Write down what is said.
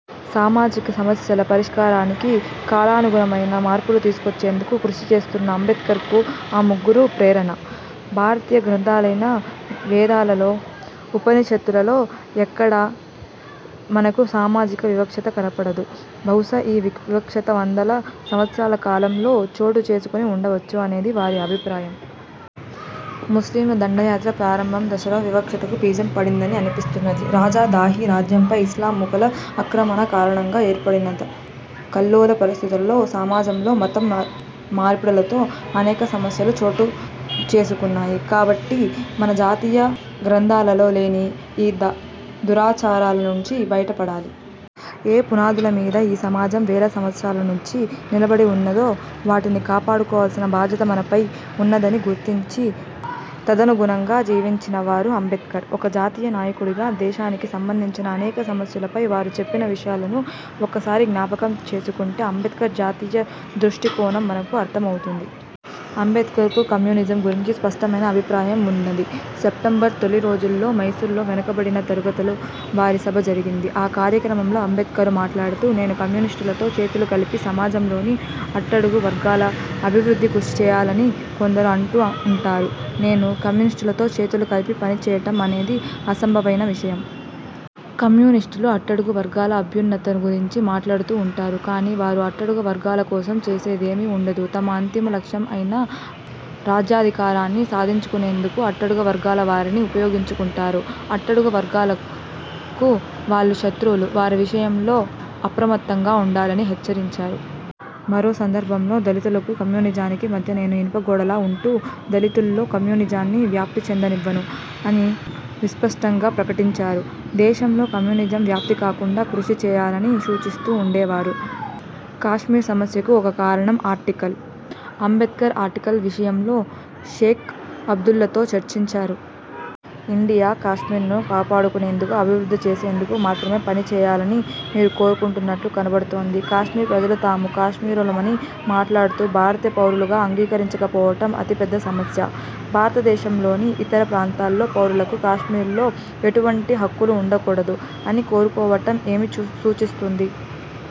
సామాజిక సమస్యల పరిష్కారానికి కాలనుగుణమైన మార్పులు తీసుకొచ్చేందుకు కృషి చేస్తున్న అంబేడ్కర్కు ఆ ముగ్గురు ప్రేరణ. భారతీయ గ్రంథాలైన వేదాలలో ఉపనిషత్తులలో ఎక్కడా మనకు సామాజిక వివక్షత కనపడదు. బహుశ ఈ వివక్షత –- వందల సంవత్సరాల కాలంలో చోటు చేసుకుని ఉండవచ్చు అనేది వారి అభిప్రాయం. ముస్లింల దండయాత్ర ప్రారంభ దశలో వివక్షతకు బీజం పడిందని అన్పిస్తున్నది. రాజా దాహీ రాజ్యంపై ఇస్లాం మూకల అక్రమణ కారణంగా ఏర్పడిన కల్లోల పరిస్థితులలో సమాజంలో మతం మార్పిడులతో అనేక సమస్యలు చోటుచేసుకున్నాయి. కాబట్టి మన జాతీయ గ్రంథాలలో లేని ఈ దురాచారాల నుంచి బయట పడాలి. ఏ పునాదుల మీద ఈ సమాజం వేల సంవత్సారాల నుంచి నిలబడి ఉందో వాటిని కాపాడుకోవాల్సిన బాధ్యత మనపైనే ఉన్నదని గుర్తించి, తదనుగుణంగా జీవించిన వారు అంబేడ్కర్. ఒక జాతీయ నాయకుడిగా దేశానికి సంబంధించిన అనేక సమస్యలపై వారు చెప్పిన విషయాలను ఒకసారి జ్ఞాపకం చేసుకుంటే అంబేడ్కర్ జాతీయ దృష్టి కోణం మనకు అర్థమవుతుంది. అంబేడ్కర్కు కమ్యూనిజం గురించి స్పష్టమైన అభిప్రాయం ఉన్నది. సెప్టెంబర్ తొలి రోజుల్లో మైసూర్లో వెనుకబడిన తరగతుల వారి సభ జరిగింది. ఆ కార్యక్రమంలో అంబేడ్కర్ మాట్లాడుతూ 'నేను కమ్యూనిస్టులతో చేతులు కలిపి సమాజంలోని అట్టడుగు వర్గాల అభివృద్ధికి కృషి చేయాలని కొందరు అంటూ ఉంటారు. నేను కమ్యూనిస్టులతో చేతులు కలిపి పని చేయటం అనేది అసంభవమైన విషయం. కమ్యూనిస్టులు అట్టడుగు వర్గాల అభ్యున్నతి గురించి మాట్లాడుతూ ఉంటారు. కానీ వారు అట్టడుగు వర్గాల కోసం చేసేది ఏమీ ఉండదు. తమ అంతిమ లక్ష్యం అయిన రాజ్యాధికారాన్ని సాధించుకునేందుకు అట్టడుగు వర్గాల వారిని ఉపయోగించుకుంటారు. అట్టడుగు వర్గాలకు వాళ్లు శత్రువులు. వారి విషయంలో అప్రమత్తంగా ఉండాలి' అని హెచ్చరించారు. మరో సందర్భంలో 'దళితులకు కమ్యూనిజానికి మధ్య నేను ఒక ఇనుప గోడలా ఉంటూ దళితుల్లో కమ్యూనిజాన్ని వ్యాప్తి చెందనివ్వను' అని విస్పష్టంగా ప్రకటించారు. దేశంలో కమ్యూనిజం వ్యాప్తి కాకుండా కృషి చేయాలని సూచిస్తూ ఉండేవారు. కాశ్మీర్ సమస్యకు ఒక కారణం ఆర్టికల్. అంబేడ్కర్ ఆర్టికల్ విషయంలో షేక్ అబ్దుల్లాతో చర్చించారు. 'ఇండియా కాశ్మీర్ను కాపాడేందుకు, అభివృద్ధి చేసేందుకు మాత్రమే పని చేయాలి అని మీరు కోరుకుంటున్నట్లు కనబడుతోంది. కాశ్మీర్ ప్రజలు తాము కాశ్మీరులమని మాట్లాడుతూ భారతీయ పౌరులుగా అంగీకరించకపోవటం అతి పెద్ద సమస్య. భారతదేశంలోని ఇతర ప్రాంతాల పౌరులకు కాశ్మీరులో ఎటువంటి హక్కులు ఉండకూడదు అని కోరుకోవటం ఏమి సూచిస్తుంది?